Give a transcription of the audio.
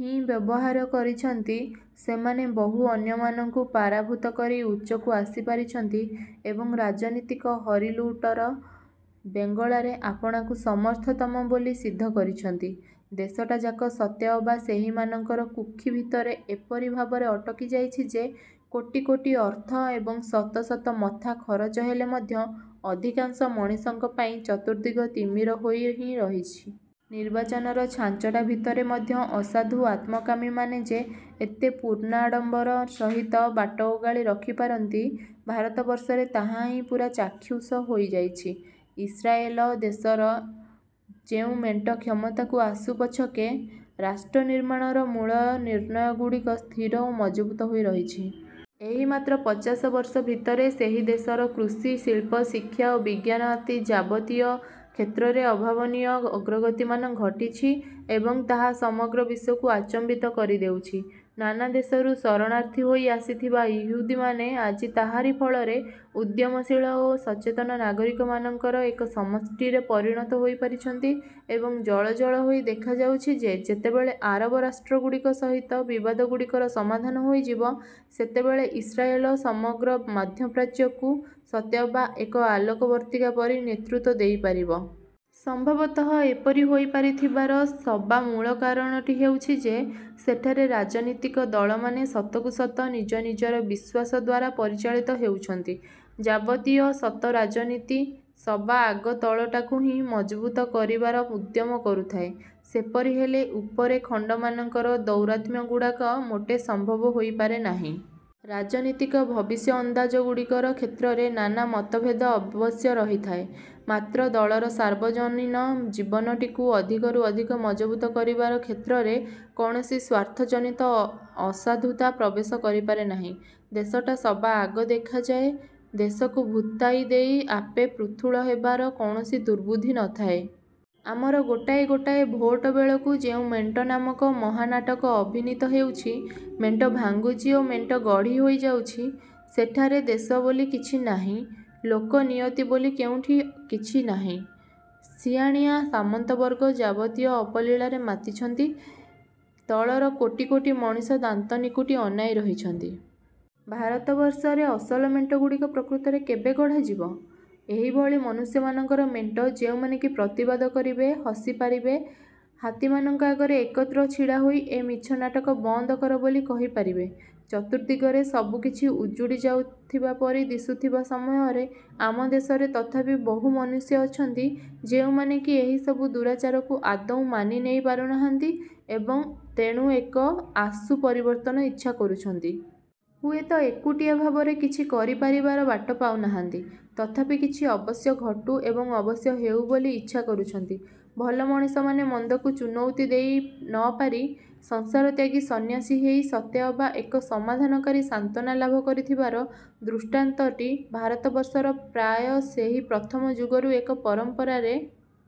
ହିଁ ବ୍ୟବହାର କରିଛନ୍ତି, ସେମାନେ ବହୁ ଅନ୍ୟମାନଙ୍କୁ ପରାଭୂତ କରି ଉଚ୍ଚକୁ ଆସିପାରିଛନ୍ତି, ଏବଂ ରାଜନୀତିକ ହରିଲୁଟର ବେଙ୍ଗଳାରେ ଆପଣାକୁ ସମର୍ଥତମ ବୋଲି ସିଦ୍ଧ କରିଛନ୍ତି। ଦେଶଟାଯାକ ସତେଅବା ସେହିମାନଙ୍କର କୁକ୍ଷି ଭିତରେ ଏପରି ଭାବରେ ଅଟକି ଯାଇଛି ଯେ, କୋଟି କୋଟି ଅର୍ଥ ଏବଂ ଶତ ଶତ ମଥା ଖରଚ ହେଲେ ମଧ୍ୟ ଅଧିକାଂଶ ମଣିଷଙ୍କ ପାଇଁ ଚତୁର୍ଦ୍ଦିଗ ତିମିର ହୋଇ ହିଁ ରହିଛି। ନିର୍ବାଚନର ଛାଞ୍ଚଟା ଭିତରେ ମଧ୍ୟ ଅସାଧୁ ଆତ୍ମକାମୀମାନେ ଯେ ଏତେ ପୂର୍ଣ୍ଣାଡ଼ମ୍ବର ସହିତ ବାଟ ଓଗାଳି ରଖିପାରନ୍ତି, ଭାରତବର୍ଷରେ ତାହା ହିଁ ପୂରା ଚାକ୍ଷୁଷ ହୋଇଯାଇଛି। ଇସ୍ରାଏଲ ଦେଶରେ ଯେଉଁ ମେଣ୍ଟ କ୍ଷମତାକୁ ଆସୁ ପଛକେ, ରାଷ୍ଟ୍ରନିର୍ମାଣର ମୂଳ ନିର୍ଣ୍ଣୟଗୁଡ଼ିକ ସ୍ଥିର ଓ ମଜବୁତ ହୋଇ ରହିଛି। ଏହି ମାତ୍ର ପଚାଶ ବର୍ଷ ଭିତରେ ସେହି ଦେଶର କୃଷି, ଶିଳ୍ପ, ଶିକ୍ଷା ଏବଂ ବିଜ୍ଞାନ ଆଦି ଯାବତୀୟ କ୍ଷେତ୍ରରେ ଅଭାବନୀୟ ଅଗ୍ରଗତିମାନ ଘଟିଛି ଏବଂ ତାହା ସମଗ୍ର ବିଶ୍ୱକୁ ଆଚମ୍ବିତ କରିଦେଉଛି। ନାନା ଦେଶରୁ ଶରଣାର୍ଥୀ ହୋଇ ଆସିଥିବା ଇହୁଦୀମାନେ ଆଜି ତାହାରି ଫଳରେ ଉଦ୍ୟମଶୀଳ ଓ ସଚେତନ ନାଗରିକମାନଙ୍କର ଏକ ସମଷ୍ଟିରେ ପରିଣତ ହୋଇପାରିଛନ୍ତି ଏବଂ ଜଳ ଜଳ ହୋଇ ଦେଖାଯାଉଛି ଯେ, ଯେତେବେଳେ ଆରବ ରାଷ୍ଟ୍ରଗୁଡ଼ିକ ସହିତ ବିବାଦଗୁଡ଼ିକର ସମାଧାନ ହୋଇଯିବ, ସେତେବେଳେ ଇସ୍ରାଏଲ ସମଗ୍ର ମଧ୍ୟପ୍ରାଚ୍ୟକୁ ସତେଅବା ଏକ ଆଲୋକବର୍ତ୍ତିକା ପରି ନେତୃତ୍ୱ ଦେଇପାରିବ। ସମ୍ଭବତଃ ଏପରି ହୋଇପାରିଥିବାର ସବାମୂଳ କାରଣଟି ହେଉଛି ଯେ, ସେଠାରେ ରାଜନୀତିକ ଦଳମାନେ ସତକୁ ସତ ନିଜ ନିଜର ବିଶ୍ୱାସ ଦ୍ଵାରା ପରିଚାଳିତ ହେଉଛନ୍ତି। ଯାବତୀୟ ସତ ରାଜନୀତି ସବାଆଗ ତଳଟାକୁ ହିଁ ମଜବୁତ କରିବାର ଉଦ୍ୟମ କରୁଥାଏ। ସେପରି ହେଲେ ଉପରେ ଖଣ୍ଡମାନଙ୍କର ଦୌରାତ୍ମ୍ୟଗୁଡ଼ାକ ମୋଟେ ସମ୍ଭବ ହୋଇପାରେ ନାହିଁ। ରାଜନୀତିକ ଭବିଷ୍ୟଅନ୍ଦାଜ ଗୁଡ଼ିକର କ୍ଷେତ୍ରରେ ନାନା ମତଭେଦ ଅବଶ୍ୟ ରହିଥାଏ, ମାତ୍ର ଦଳର ସାର୍ବଜନୀନ ଜୀବନଟିକୁ ଅଧିକରୁ ଅଧିକ ମଜବୁତ କରିବାର କ୍ଷେତ୍ରରେ କୌଣସି ସ୍ଵାର୍ଥଜନିତ ଅସାଧୁତା ପ୍ରବେଶ କରିପାରେ ନାହିଁ। ଦେଶଟା ସବାଆଗ ଦେଖାଯାଏ,- ଦେଶକୁ ଭୂତାଇ ଦେଇ ଆପେ ପୃଥୁଳ ହେବାର କୌଣସି ଦୁର୍ବୁଦ୍ଧି ନଥାଏ। ଆମର ଗୋଟାଏ ଗୋଟାଏ ଭୋଟ ବେଳକୁ ଯେଉଁ ମେଣ୍ଟ ନାମକ ମହାନାଟକ ଅଭିନୀତ ହେଉଛି, ମେଣ୍ଟ ଭାଙ୍ଗୁଛି ଓ ମେଣ୍ଟ ଗଢ଼ିହୋଇ ଯାଉଛି, ସେଠାରେ ଦେଶ ବୋଲି କିଛି ନାହିଁ, ଲୋକନିୟତି ବୋଲି କୋଉଠି କିଛି ନାହିଁ! ସିଆଣିଆ ସାମନ୍ତବର୍ଗ ଯାବତୀୟ ଅପଲୀଳାରେ ମାତିଛନ୍ତି,- ତଳର କୋଟି କୋଟି ମଣିଷ ଦାନ୍ତ ନିକୁଟି ଅନାଇ ରହିଛନ୍ତି। ଭାରତବର୍ଷରେ ଅସଲ ମେଣ୍ଟଗୁଡ଼ିକ ପ୍ରକୃତରେ କେବେ ଗଢ଼ାଯିବ? ଏହିଭଳି ମନୁଷ୍ୟମାନଙ୍କର ମେଣ୍ଟ, ଯେଉଁମାନେ କି ପ୍ରତିବାଦ କରିବେ, ହସି ପାରିବେ, ହାତୀମାନଙ୍କ ଆଗରେ ଏକତ୍ର ଛିଡ଼ାହୋଇ ଏ ମିଛ ନାଟକ ବନ୍ଦ କର ବୋଲି କହିପାରିବେ। ଚତୁର୍ଦ୍ଦିଗରେ ସବୁ କିଛି ଉଜୁଡ଼ି ଯାଉଥିବା ପରି ଦିଶୁଥିବା ସମୟରେ ଆମ ଦେଶରେ ତଥାପି ବହୁ ମନୁଷ୍ୟ ଅଛନ୍ତି, ଯେଉଁମାନେ କି ଏହିସବୁ ଦୁରାଚାରକୁ ଆଦୌ ମାନିନେଇ ପାରୁନାହାନ୍ତି ଏବଂ ତେଣୁ ଏକ ଆଶୁ ପରିବର୍ତ୍ତନ ଇଚ୍ଛା କରୁଛନ୍ତି। ହୁଏତ ଏକୁଟିଆ ଭାବରେ କିଛି କରିପାରିବାର ବାଟ ପାଉନାହାନ୍ତି। ତଥାପି କିଛି ଅବଶ୍ୟ ଘଟୁ ଏବଂ ଅବଶ୍ୟ ହେଉ ବୋଲି ଇଚ୍ଛା କରୁଛନ୍ତି। ଭଲ ମଣିଷମାନେ ମନ୍ଦକୁ ଚୁନୌତି ଦେଇନପାରି ସଂସାରତ୍ୟାଗୀ ସନ୍ନ୍ୟାସୀ ହେଇ ସତେଅବା ଏକ ସମାଧାନକାରୀ ସାନ୍ତ୍ୱନା ଲାଭ କରିଥିବାର ଦୃଷ୍ଟାନ୍ତଟି ଭାରତବର୍ଷର ପ୍ରାୟ ସେହି ପ୍ରଥମ ଯୁଗରୁ ଏକ ପରମ୍ପରାରେ